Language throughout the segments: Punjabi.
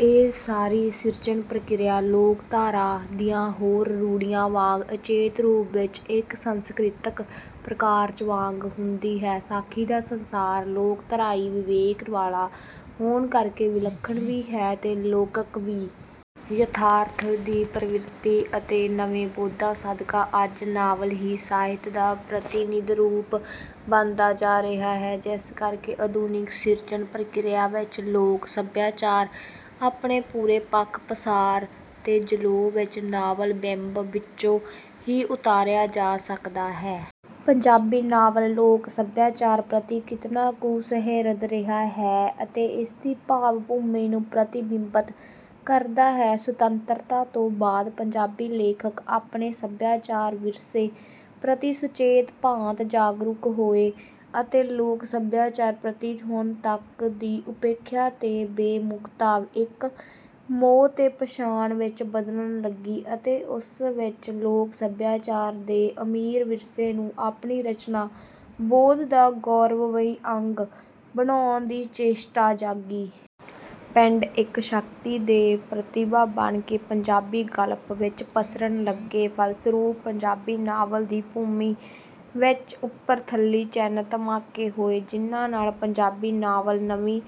ਇਹ ਸਾਰੀ ਸਿਰਜਣ ਪ੍ਰਕਿਰਿਆ ਲੋਕ ਧਾਰਾ ਦੀਆਂ ਹੋਰ ਰੂੜ੍ਹੀਆਂ ਵਾਂਗ ਅਚੇਤ ਰੂਪ ਵਿੱਚ ਇੱਕ ਸੰਸਕ੍ਰਿਤਿਕ ਪ੍ਰਕਾਰਜ ਵਾਂਗ ਹੁੰਦੀ ਹੈ। ਸਾਖੀ ਦਾ ਸੰਸਾਰ ਲੋਕ ਧਾਰਾਈ ਵਿਵੇਕ ਵਾਲਾ ਹੋਣ ਕਰਕੇ ਵਿਲਖਣ ਵੀ ਹੈ ਤੇ ਲੋਕਿਕ ਵੀ। ਯਥਾਰਥ ਦੀ ਪ੍ਰਵਿਰਤੀ ਅਤੇ ਨਵੇਂ ਬੋਧਾਂ ਸਦਕਾ ਅੱਜ ਨਾਵਲ ਹੀ ਸਾਹਿਤ ਦਾ ਪ੍ਰਤਿਨਿਧ ਰੂਪ ਬਣਦਾ ਜਾ ਰਿਹਾ ਹੈ। ਜਿਸ ਕਰਕੇ ਆਧੁਨਿਕ ਸਿਰਜਣ ਪ੍ਰਕਿਰਿਆ ਵਿੱਚ ਲੋਕ ਸਭਿਆਚਾਰ ਆਪਣੇ ਪੂਰੇ ਪੱਖ ਪਸਾਰ ਤੇ ਜਲੌਅ ਵਿੱਚ ਨਾਵਲ ਬਿੰਬ ਵਿੱਚੋਂ ਹੀ ਉਤਾਰਿਆ ਜਾ ਸਕਦਾ ਹੈ। ਪੰਜਾਬੀ ਨਾਵਲ ਲੋਕ ਸਭਿਆਚਾਰ ਪ੍ਰਤੀ ਕਿਤਨਾ ਕੁ ਸੁਹਿਰਦ ਰਿਹਾ ਹੈ ਅਤੇ ਇਸਦੀ ਭਾਵ ਭੂਮੀ ਨੂੰ ਪ੍ਰਤਿਬਿੰਬਤ ਕਰਦਾ ਹੈ। ਸੁਤੰਤਰਤਾ ਤੋਂ ਬਾਅਦ ਪੰਜਾਬੀ ਲੇਖਕ ਆਪਣੇ ਸਭਿਆਚਾਰਕ ਵਿਰਸੇ ਪ੍ਰਤੀ ਸੁਚੇਤ ਭਾਂਤ ਜਾਗਰੂਕ ਹੋਏ ਅਤੇ ਲੋਕ ਸਭਿਆਚਾਰ ਪ੍ਰਤੀ ਹੁਣ ਤੱਕ ਦੀ ਉਪੇਖਿਆ ਤੇ ਬੇਮੁੱਖਤਾ ਇੱਕ ਮੋਹ ਤੇ ਪਛਾਣ ਵਿੱਚ ਬਦਲਣ ਲੱਗੀ ਅਤੇ ਉਸ ਵਿੱਚ ਲੋਕ ਸਭਿਆਚਾਰ ਦੇ ਅਮੀਰ ਵਿਰਸੇ ਨੂੰ ਆਪਣੀ ਰਚਨਾ ਬੋਧ ਦਾ ਗੌਰਵਮਈ ਅੰਗ ਬਨਾਉਣ ਦੀ ਚੇਸ਼ਟਾ ਜਾਗੀ। ਪਿੰਡ ਇੱਕ ਸ਼ਕਤੀ ਤੇ ਪ੍ਰਤਿਭਾ ਬਣ ਕੇ ਪੰਜਾਬੀ ਗਲਪ ਵਿੱਚ ਪਸਰਨ ਲੱਗੇ। ਫਲਸਰੂਪ ਪੰਜਾਬੀ ਨਾਵਲ ਦੀ ਭੂਮੀ ਵਿੱਚ ਉੱਪਰ ਥੱਲੀ ਚਿੰਨ ਧਮਾਕੇ ਹੋਏ। ਜਿਨ੍ਹਾਂ ਨਾਲ ਪੰਜਾਬੀ ਨਾਵਲ ਨਵੀਂ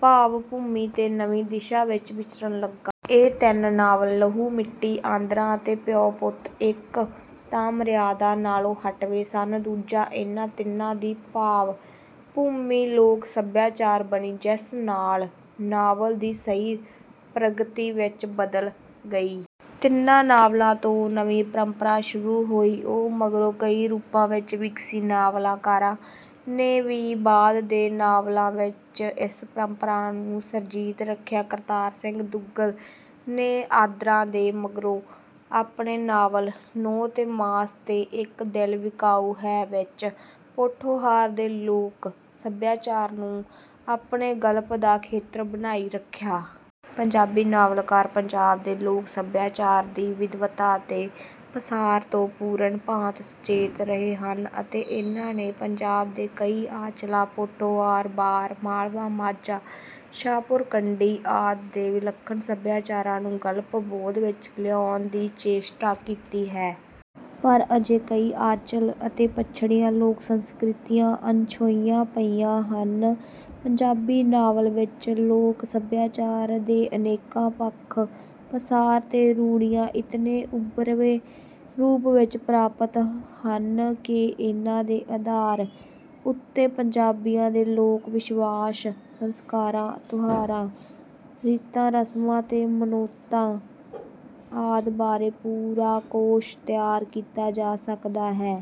ਭਾਵ ਭੂਮੀ ਤੇ ਨਵੀਂ ਦਿਸ਼ਾ ਵਿੱਚ ਵਿਚਰਣ ਲੱਗਾ। ਇਹ ਤਿੰਨ ਨਾਵਲ ਲਹੂ ਮਿੱਟੀ, ਆਂਦਰਾਂ ਅਤੇ ਪਿਉ ਪੁੱਤ ਇੱਕ ਤਾਂ ਮਰਿਆਦਾ ਨਾਲੋਂ ਹਟਵੇਂ ਸਨ, ਦੂਜਾ ਇਨ੍ਹਾਂ ਤਿੰਨਾਂ ਦੀ ਭਾਵ ਭੂਮੀ ਲੋਕ ਸਭਿਆਚਾਰ ਬਣੀ, ਜਿਸ ਨਾਲ ਨਾਵਲ ਦੀ ਸਹੀ ਪ੍ਰਗਤੀ ਵਿੱਚ ਬਦਲ ਗਈ। ਤਿੰਨਾਂ ਨਾਵਲਾਂ ਤੋਂ ਜੋ ਨਵੀਂ ਪਰੰਪਰਾ ਸ਼ੁਰੂ ਹੋਈ ਉਹ ਮਗਰੋਂ ਕਈ ਰੂਪਾਂ ਵਿੱਚ ਵਿਗਸੀ। ਨਾਵਲਕਾਰਾਂ ਨੇ ਵੀ ਬਾਅਦ ਦੇ ਨਾਵਲਾਂ ਵਿੱਚ ਇਸ ਪਰੰਪਰਾ ਨੂੰ ਸਰਜੀਤ ਰੱਖਿਆ। ਕਰਤਾਰ ਸਿੰਘ ਦੁੱਗਲ ਨੇ ਆਂਦਰਾਂ ਦੇ ਮਗਰੋਂ ਆਪਣੇ ਨਾਵਲ ਨਹੁੰ ਤੇ ਮਾਸ ਤੇ ਇੱਕ ਦਿਲ ਵਿਕਾਊ ਹੈ ਵਿੱਚ ਪੋਠੋਹਾਰ ਦੇ ਲੋਕ ਸਭਿਆਚਾਰ ਨੂੰ ਆਪਣੇ ਗਲਪ ਦਾ ਖੇਤਰ ਬਣਾਈ ਰੱਖਿਆ। ਪੰਜਾਬੀ ਨਾਵਲਕਾਰ ਪੰਜਾਬ ਦੇ ਲੋਕ ਸਭਿਆਚਾਰ ਦੀ ਵਿਦਵਤਾ ਤੇ ਪਸਾਰ ਤੋਂ ਪੂਰਨ ਭਾਂਤ ਸੁਚੇਤ ਰਹੇ ਹਨ ਅਤੇ ਇਨ੍ਹਾਂ ਨੇ ਪੰਜਾਬ ਦੇ ਕਈ ਆਂਚਲਾਂ ਪੋਠੋਹਾਰ, ਬਾਰ, ਮਾਲਵਾ, ਮਾਝਾ, ਸ਼ਾਹਪੁਰ ਕੰਡੀ, ਆਦਿ ਦੇ ਵਿਲੱਖਣ ਸਭਿਆਚਾਰਾਂ ਨੂੰ ਗਲਪ ਬੋਧ ਵਿੱਚ ਲਿਆਉਣ ਦੀ ਚੇਸ਼ਟਾ ਕੀਤੀ ਹੈ। ਪਰ ਅਜੇ ਕਈ ਆਂਚਲ ਅਤੇ ਪਛੜੀਆਂ ਲੋਕ ਸੰਸਕ੍ਰਿਤੀਆਂ ਅਣਛੋਹੀਆਂ ਪਈਆਂ ਹਨ। ਪੰਜਾਬੀ ਨਾਵਲ ਵਿੱਚ ਲੋਕ ਸਭਿਆਚਾਰ ਦੇ ਅਨੇਕਾਂ ਪੱਖ ਪਸਾਰ ਤੇ ਰੂੜ੍ਹੀਆਂ ਇਤਨੇ ਉਭਰਵੇਂ ਰੂਪ ਵਿੱਚ ਪ੍ਰਾਪਤ ਹਨ ਕਿ ਇਨ੍ਹਾਂ ਦੇ ਆਧਾਰ ਉੱਤੇ ਪੰਜਾਬੀਆਂ ਦੇ ਲੋਕ ਵਿਸ਼ਵਾਸ, ਸੰਸਕਾਰਾਂ, ਤਿਉਹਾਰਾਂ, ਰੀਤਾਂ ਰਸਮਾਂ ਤੇ ਮਨੌਤਾਂ ਆਦਿ ਬਾਰੇ ਪੂਰਾ ਕੋਸ਼ ਤਿਆਰ ਕੀਤਾ ਜਾ ਸਕਦਾ ਹੈ।